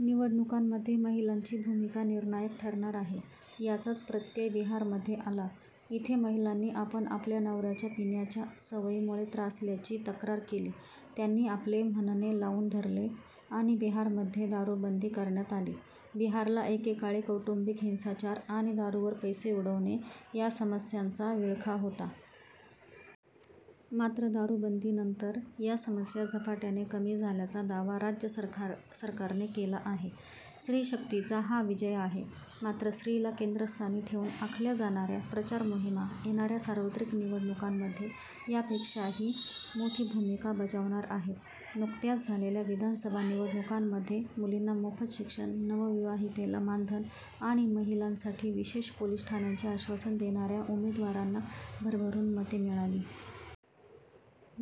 निवडणुकांमध्ये महिलांची भूमिका निर्णायक ठरणार आहे. याचाच प्रत्यय बिहारमध्ये आला. इथे महिलांनी आपण आपल्या नवऱ्याच्या 'पिण्याच्या' सवयीमुळे त्रासल्याची तक्रार केली. त्यांनी आपले म्हणणे लावून धरले आणि बिहारमध्ये दारूबंदी करण्यात आली. बिहारला एकेकाळी कौटुंबिक हिंसाचार आणि दारूवर पैसे उडवणे या समस्यांचा विळखा होता. मात्र दारूबंदीनंतर या समस्या झपाट्याने कमी झाल्याचा दावा राज्य सरकारने केला आहे. स्त्रीशक्तीचा हा विजय आहे. मात्र स्त्रीला केंद्रस्थानी ठेवून आखल्या जाणाऱ्या प्रचार मोहिमा येणाऱ्या सार्वत्रिक निवडणुकांमध्ये यापेक्षाही मोठी भूमिका बजावणार आहेत. नुकत्याच झालेल्या विधानसभा निवडणुकांमध्ये मुलींना मोफत शिक्षण, नवविवाहितेला मानधन आणि महिलांसाठी विशेष पोलीस ठाण्यांचे आश्वासन देणाऱ्या उमेदवारांना भरभरून मते मिळाली.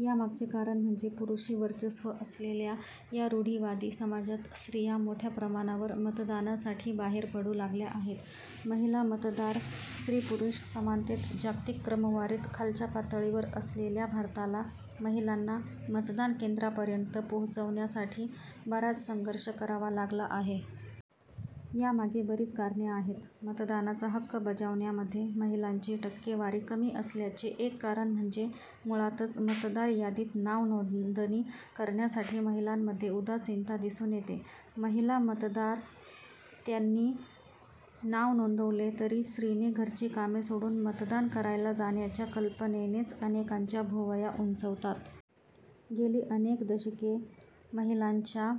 यामागचे कारण म्हणजे पुरुषी वर्चस्व असलेल्या या रूढिवादी समाजात स्त्रिया मोठ्या प्रमाणावर मतदानासाठी बाहेर पडू लागल्या आहेत. महिला मतदार - स्त्री-पुरुष समानतेत जागतिक क्रमवारीत खालच्या पातळीवर असलेल्या भारताला महिलांना मतदानकेंद्रापर्यंत पोहोचवण्यासाठी बराच संघर्ष करावा लागला आहे. यामागे बरीच कारणे आहेत. मतदानाचा हक्क बजावण्यामध्ये महिलांची टक्केवारी कमी असण्याचे एक कारण म्हणजे मुळातच मतदार यादीत नाव नोंदणी करण्यासाठी महिलांमध्ये उदासीनता दिसून येते. महिला मतदार - त्यांनी नाव नोंदवले तरी स्त्रीने घरची कामे सोडून मतदान करायला जाण्याच्या कल्पनेनेच अनेकांच्या भुवया उंचावतात. गेली अनेक दशके महिलांच्या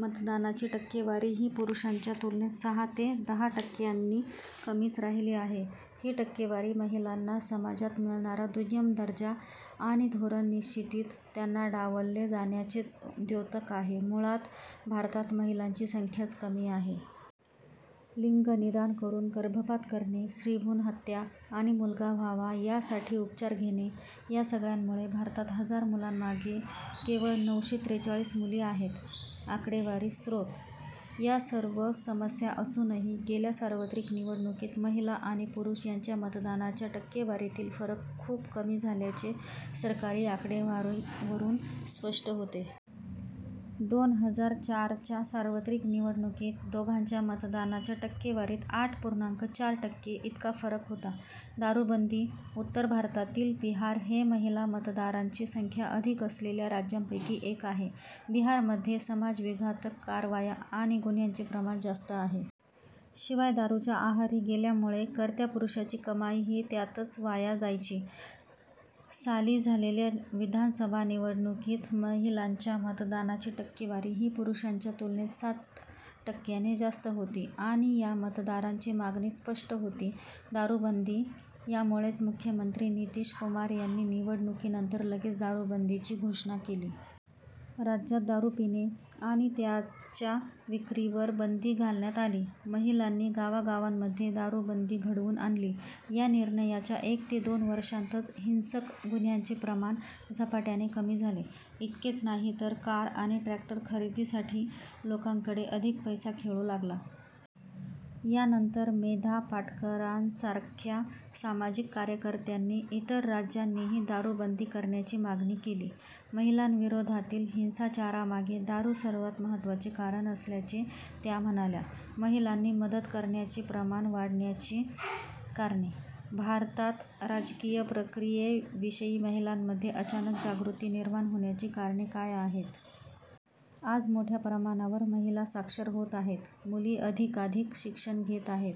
मतदानाची टक्केवारी ही पुरुषांच्या तुलनेत सहा ते दहा टक्क्यांनी कमीच राहिली आहे. ही टक्केवारी महिलांना समाजात मिळणारा दुय्यम दर्जा आणि धोरण निश्चितीत त्यांना डावलले जाण्याचेच द्योतक आहे. मुळात भारतात महिलांची संख्याच कमी आहे. लिंगनिदान करून गर्भपात करणे, स्त्रीभ्रूणहत्या आणि मुलगा व्हावा, यासाठी उपचार घेणे, या सगळ्यांमुळे भारतात हजार मुलांमागे केवळ नऊशे त्रेचाळीस मुली आहेत. आकडेवारी स्रोत - या सर्व समस्या असूनही गेल्या सार्वत्रिक निवडणुकीत महिला आणि पुरुष यांच्या मतदानाच्या टक्केवारीतील फरक खूप कमी झाल्याचे सरकारी आकडेवारीवरून स्पष्ट होते. दोन हजार चारच्या सार्वत्रिक निवडणुकीत दोघांच्या मतदानाच्या टक्केवारीत आठ पूर्णांक चार टक्के इतका फरक होता. दारूबंदी - उत्तर भारतातील बिहार हे महिला मतदारांची संख्या अधिक असलेल्या राज्यांपैकी एक आहे. बिहारमध्ये समाजविघातक कारवाया आणि गुन्ह्यांचे प्रमाण जास्त होते. शिवाय दारूच्या आहारी गेल्यामुळे कर्त्या पुरुषाची कमाई ही त्यातच वाया जायची. साली झालेल्या विधानसभा निवडणुकीत महिलांच्या मतदानाची टक्केवारी ही पुरुषांच्या तुलनेत सात टक्क्याने जास्त होती आणि या मतदारांची मागणी स्पष्ट होती दारूबंदी यामुळेच मुख्यमंत्री नितीश कुमार यांनी निवडणुकीनंतर लगेच दारूबंदीची घोषणा केली. राज्यात दारू पिणे आणि त्याच्या विक्रीवर बंदी घालण्यात आली. महिलांनी गावागावांमध्ये दारूबंदी घडवून आणली, या निर्णयाच्या एक ते दोन वर्षांतच हिंसक गुन्ह्यांचे प्रमाण झपाट्याने कमी झाले. इतकेच नाही तर कार आणि ट्रॅक्टर खरेदीसाठी लोकांकडे अधिक पैसा खेळू लागला. यानंतर मेधा पाटकरांसारख्या सामाजिक कार्यकर्त्यांनी इतर राज्यांनीही दारूबंदी करण्याची मागणी केली. महिलांविरोधातील हिंसाचारामागे दारू सर्वात महत्त्वाचे कारण असल्याचे त्या म्हणाल्या. महिलांनी मतदान करण्याचे प्रमाण वाढण्याची कारणे - भारतात राजकीय प्रक्रियेविषयी महिलांमध्ये अचानक जागृती निर्माण होण्याची कारणे काय आहेत? आज मोठ्या प्रमाणावर महिला साक्षर होत आहेत. मुली अधिकाधिक शिक्षण घेत आहेत.